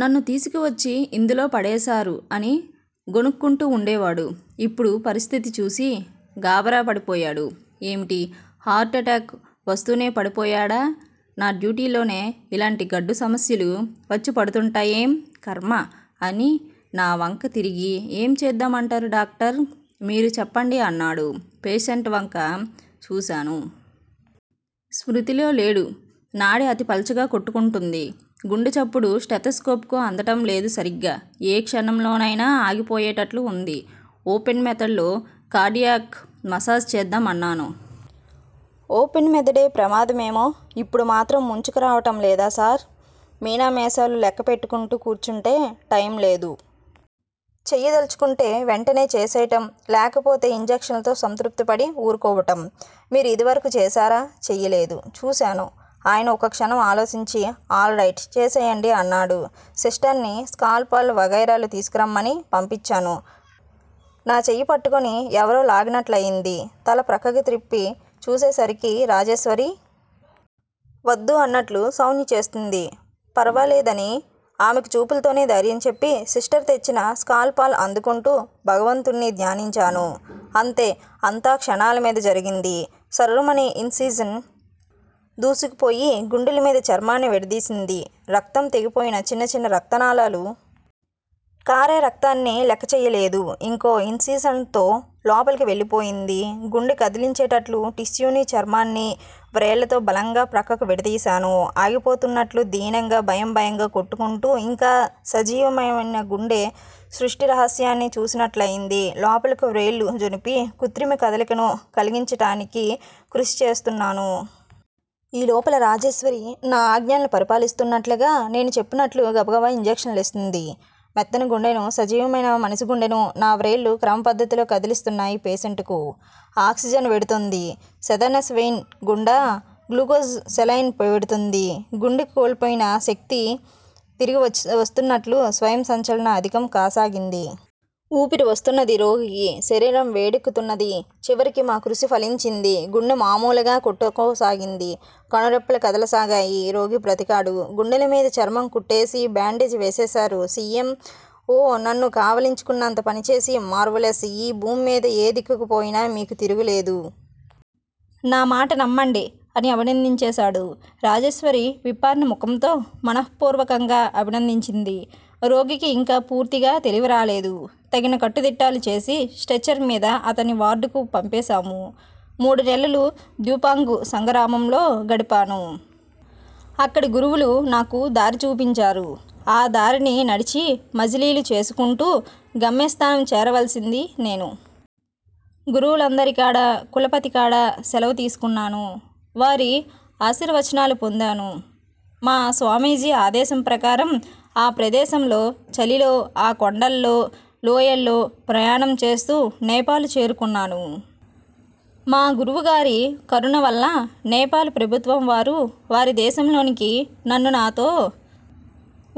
నన్ను తీసుకువచ్చి యిందులో పడేశారు అని గొణుక్కుంటూ ఉండేవాడు. ఇప్పుడు పరిస్థితి చూసి గాభరాపడిపోయాడు. ఏమిటి? హార్టు ఎటాకా? వస్తూనే పడిపోయాడా? నా డ్యూటీలోనే యిలాంటి గడ్డుసమస్యలు వచ్చిపడుతూంటాయేం కర్మ? అని నా వంక తిరిగి ఏం చేద్దాంమంటారు డాక్టర్? మీరు చెప్పండి అన్నాడు. పేషెంటువంక చూశాను. స్మృతిలోలేడు. నాడి అతి పలచగా కొట్టుకుంటోంది. గుండె చప్పుడు స్టెతస్కోప్ కు అందటం లేదు సరిగ్గా. ఏ క్షణంలోనైనా ఆగిపోయేటట్లుగా ఉంది. ఓపెన్ మెథడ్ లో కార్డియాక్ మసాజీ చేద్దాం అన్నాను. ఓపెన్ మెథడే! ప్రమాదమేమో. ఇప్పుడు మాత్రం ముంచుకురావటం లేదా సార్? మీనమేషాలు లెక్క పెట్టుకుంటూ కూర్చుంటే టైంలేదు. చెయ్యదలచుకుంటే వెంటనే చేసెయ్యటం, లేకపోతే యింజక్షన్లతో సంతృప్తి పడి ఊరుకోవటం. మీరు యిదివరకు చేశారా? చెయ్యలేదు. చూశాను. ఆయన ఒకక్షణం ఆలోచించి ఆల్ రైట్, చేసెయ్యండి అన్నాడు. సిస్టర్ని స్కాల్ పల్ వగైరాలు తీసుకురమ్మని పంపించాను. నా చెయ్యిపట్టుకుని ఎవరో లాగినట్లయింది. తల ప్రక్కకి త్రిప్పి చూసేసరికి రాజేశ్వరి. వద్దు అన్నట్లు సౌంజ్ఞ చేస్తోంది. పర్వాలే దని ఆమెకు చూపులతోనే ధైర్యం చెప్పి సిస్టర్ తెచ్చిన స్కాల్ పల్ అందుకుంటూ భగవంతుణ్ని ధ్యానించాను. అంతే. అంతా క్షణాలమీద జరిగింది. సర్రుమని యిన్ సిషన్ దూసుకుపోయి, గుండెమీది చర్మాన్ని విడదీసింది. రక్తం, తెగిపోయిన చిన్న చిన్న రక్తనాళాలు. కారే రక్తాన్ని లెక్కచెయ్యలేదు. ఇంకో యిన్సిషన్ తో లోపలకు వెళ్ళిపోయింది. గుండె కదిలించేటట్లు టిష్యూనీ, చర్మాన్నీ వ్రేళ్ళతో బలంగా ప్రక్కకు విడదీశాను. ఆగిపోతున్నట్లు, దీనంగా, భయంభయంగా కొట్టుకుంటూ యింకా సజీవమైన గుండె సృష్టిరహస్యాన్ని చూసినట్లయింది. లోపలకు వ్రేళ్ళు జొనిపి కృత్రిమ కదలికను కలిగించటానికి కృషి చేస్తున్నాను. ఈ లోపల రాజేశ్వరి నా ఆజ్ఞలను పరిపాలిస్తున్నట్లుగా. నేను చెప్పినట్లు గబగబ యింజక్షన్లిస్తోంది. మెత్తని గుండెను, సజీవమైన మనిషిగుండెను నా వ్రేళ్ళు క్రమపద్ధతిలో కదిలిస్తున్నాయి పేషెంటుకు ఆక్సిజన్ వెడుతోంది. సెదనస్ వెయిన్ గుండా గ్లూకోజ్ సెలైన్ వెడుతోంది. గుండెకు కోల్పోయిన శక్తి తిరిగి వస్తున్నట్లు, స్వయం సంచలనం అధికం కాసాగింది. ఊపిరి వస్తున్నది రోగికి. శరీరం వేడెక్కుతున్నది. చివరికి మా కృషి ఫలించింది. గుండె మామూలుగా కొట్టుకోసాగింది. కనురెప్పలు కదలసాగాయి. రోగి బ్రతికాడు. గుండెమీది చర్మం కుట్టేసి, బాండేజ్ వేసేశారు. సి. ఎమ్. ఓ నన్ను కావలించుకున్నంత పనిచేసి మార్వలెస్! ఈ భూమ్మీద ఏ దిక్కుకుపోయినా మీకు తిరుగులేదు. నామాట నమ్మండి అని అభినందించేశాడు. రాజేశ్వరి విప్పారిన ముఖంతో మనః పూర్వకంగా అభినందించింది. రోగికి యింకా పూర్తిగా తెలివిరాలేదు. తగిన కట్టుదిట్టాలు చేసి స్ట్రెచర్ మీద అతన్ని వార్డుకు పంపేశాము. మూడు నెలలూ ద్యూపాంగు సంఘరామంలో గడిపాను. అక్కడి గురువులు నాకు దారి చూపించారు. ఆ దారిని నడిచి, మజిలీలు చేసుకుంటూ గమ్యస్థానం చేరవలసింది నేను. గురువులందరికడా, కులపతికడా సెలవు తీసుకున్నాను. వారి ఆశీర్వచనాలు పొందాను. మా స్వామీజీ ఆదేశం ప్రకారం ఆ ప్రదేశంలో, చలిలో, ఆ కొండలలో, లోయలలో ప్రయాణంచేస్తూ నేపాలు చేరుకున్నాను. మా గురువుగారి కరుణవల్ల నేపాలు ప్రభుత్వంవారు వారి దేశంలోనికి నన్నూ, నాతో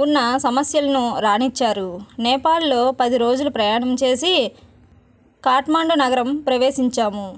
ఉన్న సన్యాసులనూ రానిచ్చారు. నేపాలులో పదిరోజులు ప్రయాణం చేసి కాట్మాండు నగరం ప్రవేశించాము.